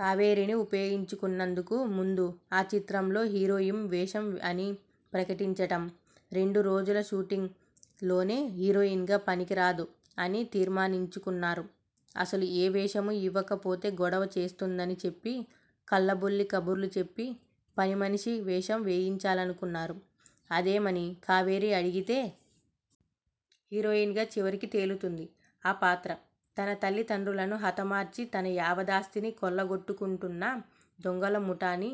కావేరీని ఉపయోగించుకున్నందుకు ముందు ఆ చిత్రంలో హీరోయిం వేషం అని ప్రకటించటం, రెండు రోజుల షూటింగ్ లోనే హీరోయిన్ గా పనికిరాదు, అని తీర్మానించుకున్నారు. అసలు ఏ వేషమూ యివ్వకపోతే గొడవ చేస్తుందని చెప్పి కల్లబొల్లి కబుర్లు చెప్పి పనిమనిషి వేషం వేయించాలనుకున్నారు. అదేమని కావేరీ అడిగితే? హీరోయిన్ గా చివరికి తేలుతుంది ఆ పాత్ర! తనతల్లి తండ్రులను హతమార్చి తన యావదాస్తినీ కొల్లగొట్టుకుంటున్న దొంగల ముఠాని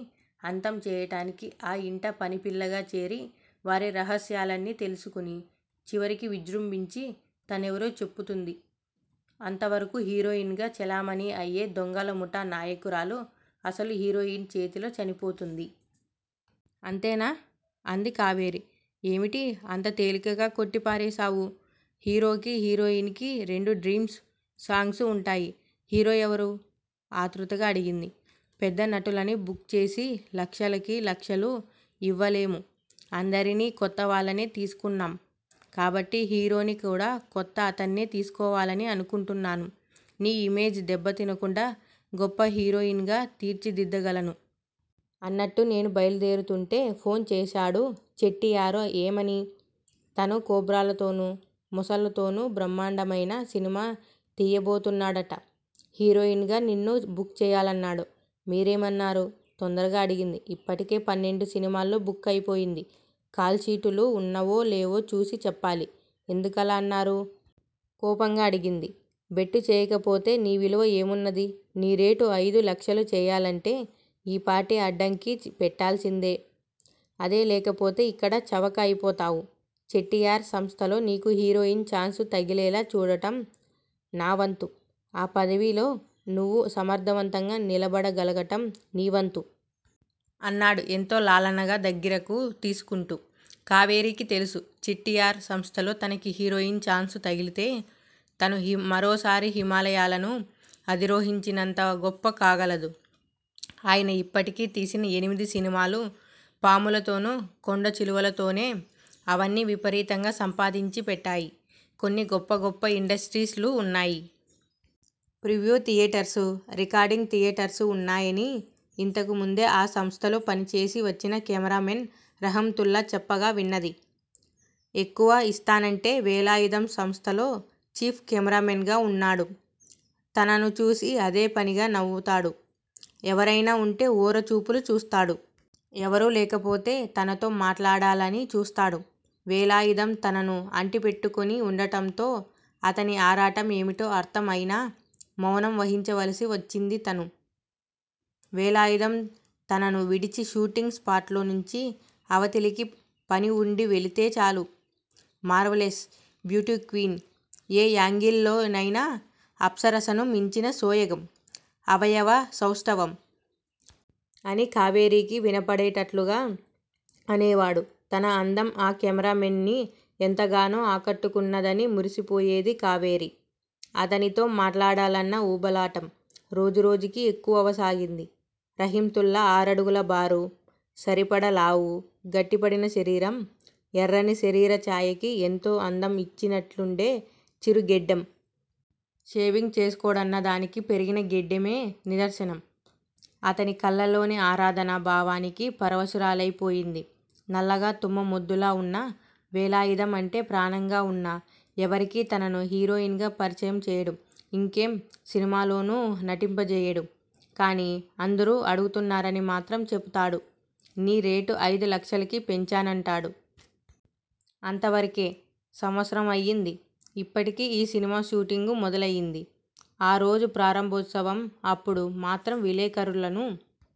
అంతం చేయటానికి ఆ ఇంట పనిపిల్లగా చేరి వారి రహస్యాలన్నీ తెలుసుకుని చివరికి విజ్రుంభించి తనెవరో చెప్పుతుంది! అంతవరకూ హీరోయిన్ గా చెలామణి అయ్యే దొంగలముఠా నాయకురాలు అసలు హీరోయిన్ చేతిలో చనిపోతుంది! అంతేనా? అంది కావేరి! ఏమిటి అంత తేలికగా కొట్టి పారవేశావు? హీరోకి హీరోయిన్ కి రెండు డ్రీమ్సు సాంగ్సు వుంటాయి. హీరో ఎవరూ? ఆత్రుతగా అడిగింది. పెద్ద నటులని బుక్ చేసి లక్షలకి లక్షలు యివ్వలేము! అందరినీ కొత్తవాళ్ళనే తీసుకున్నాం కాబట్టి హీరోని కూడా కొత్త అతన్నే తీసుకోవాలని అనుకుంటున్నాను నీ ఇమేజ్ దెబ్బతినకుండా గొప్ప హీరోయిన్ గా తీర్చిదిద్దగలను. అన్నట్టు నేను బయలుదేరుతుంటే ఫోన్ చేశాడు చెట్టియారు ఏమని? తను కోబ్రాలతోను మొసళ్ళతోనూ బ్రహ్మాండమయిన సినిమా తీయబోతున్నాడట! హీరోయిన్ గా నిన్ను బుక్ చేయాలన్నాడు? మీరేమి అన్నారు? తొందరగా అడిగింది. ఇప్పటికే పన్నెండు సినిమాల్లో బుక్ అయిపోయింది. కాల్షీటులు వున్నవో? లేవో చూసి చెప్పాలి! ఎందుకలా అన్నారు? కోపంగా అడిగింది. బెట్టుచేయకపోతే నీవిలువ ఏమున్నది? నీరేటు అయిదు లక్షలు చేయాలంటే ఈపాటి అడ్డంకి పెట్టాల్సిందే? అదే లేకపోతే ఇక్కడ చవక అయిపోతావు! చెట్టియార్ సంస్థలో నీకు హీరోయిన్ ఛాన్సుతగిలేలా చూడటం నా వంతు! ఆ పదవిలో నువ్వు సమర్ధవంతంగా నిలబడ గలగటం నీ వంతు! అన్నాడు ఎంతో లాలనగా దగ్గిరకు తీసుకుంటూ! కావేరీకి తెలుసు! చెట్టియార్ సంస్థలో తనకి హీరోయిన్ ఛాన్సు తగిలితే తను మరోసారి హిమాలయాలను అధిరోహించినంత గొప్ప కాగలదు! ఆయన ఇప్పటికి తీసిన ఎనిమిది సినిమాలూ పాములతోనూ కొండ చిలువలతోనే! అవన్నీ విపరీతంగా సంపాదించి పెట్టాయి. కొన్ని గొప్ప గొప్ప ఇండస్ట్రీస్ లు వున్నాయి. ప్రివ్యు థియేటర్సు, రికార్డింగ్ థియేటర్సు వున్నాయని యింతకుముందే ఆ సంస్థలో పనిచేసి వచ్చిన కెమెరా మెన్ రహంతుళ్ళా చెప్పగా విన్నది. ఎక్కువ ఇస్తానంటే వేలాయుధం సంస్థలో చీఫ్ కెమెరామెన్ గా వున్నాడు. తనను చూసి అదే పనిగా నవ్వుతాడు. ఎవరయినా వుంటే ఓర చూపులు చూస్తాడు. ఎవరూ లేకపోతే తనతో మాట్లాడాలని చూస్తాడు. వేలాయుధం తనను అంటిపెట్టుకుని వుండటంతో అతని ఆరాటం ఏమిటో అర్ధం అయినా మౌనం వహించవలసి వచ్చింది తను! వేలాయుధం తనను విడిచి షూటింగ్ స్పాట్ లో నుంచి అవతలికి పని వుండి వెళ్ళితే చాలు! మార్వలెస్! బ్యూటీక్వీన్? ఏ యాంగిల్ లోనయినా అప్సరసను మించిన సోయగం, అవయవ సౌష్టవం! అని కావేరీకి వినపడేటట్లుగా అనేవాడు. తన అందం ఆ కెమెరామెన్ ని ఎంతగానో ఆ కట్టుకున్నదని మురిసిపోయేది కావేరి! అతనితో మాట్లాడాలన్న ఉబలాటం రోజురోజుకీ ఎక్కువవసాగింది. రహింతుల్లా ఆరడుగుల బారు, సరిపడ లావు, గట్టిపడిన శరీరం, ఎర్రని శరీర చాయకి ఎంతో అందం యిచ్చినట్లుండే చిరుగెడ్డం. షేవింగ్ చేసుకోడన్న దానికి పెరిగిన గెడ్డమే నిదర్సనం! అతని కళ్ళల్లోని ఆరాధనా భావానికి పరవశురాలయి పోయింది. నల్లగా తుమ్మ మొద్దులా వున్న వేలాయుధం అంటే ప్రాణంగావున్నా ఎవరికీ తనను హీరోయిన్ గా పరిచయం చేయడు. యింకే సినిమాలోనూ నటింపచేయడు. కాని అందరూ అడుగుతున్నారని మాత్రం చెప్పుతాడు-నీ రేటు అయిదు లక్షలకి పెంచానంటాడు. అంతవరకే! సంవత్సరం అయింది. యిప్పటికి ఈ సినిమా షూటింగు మొదలయింది. ఆరోజు ప్రారంభోత్సవం అప్పుడు మాత్రం విలేఖరులను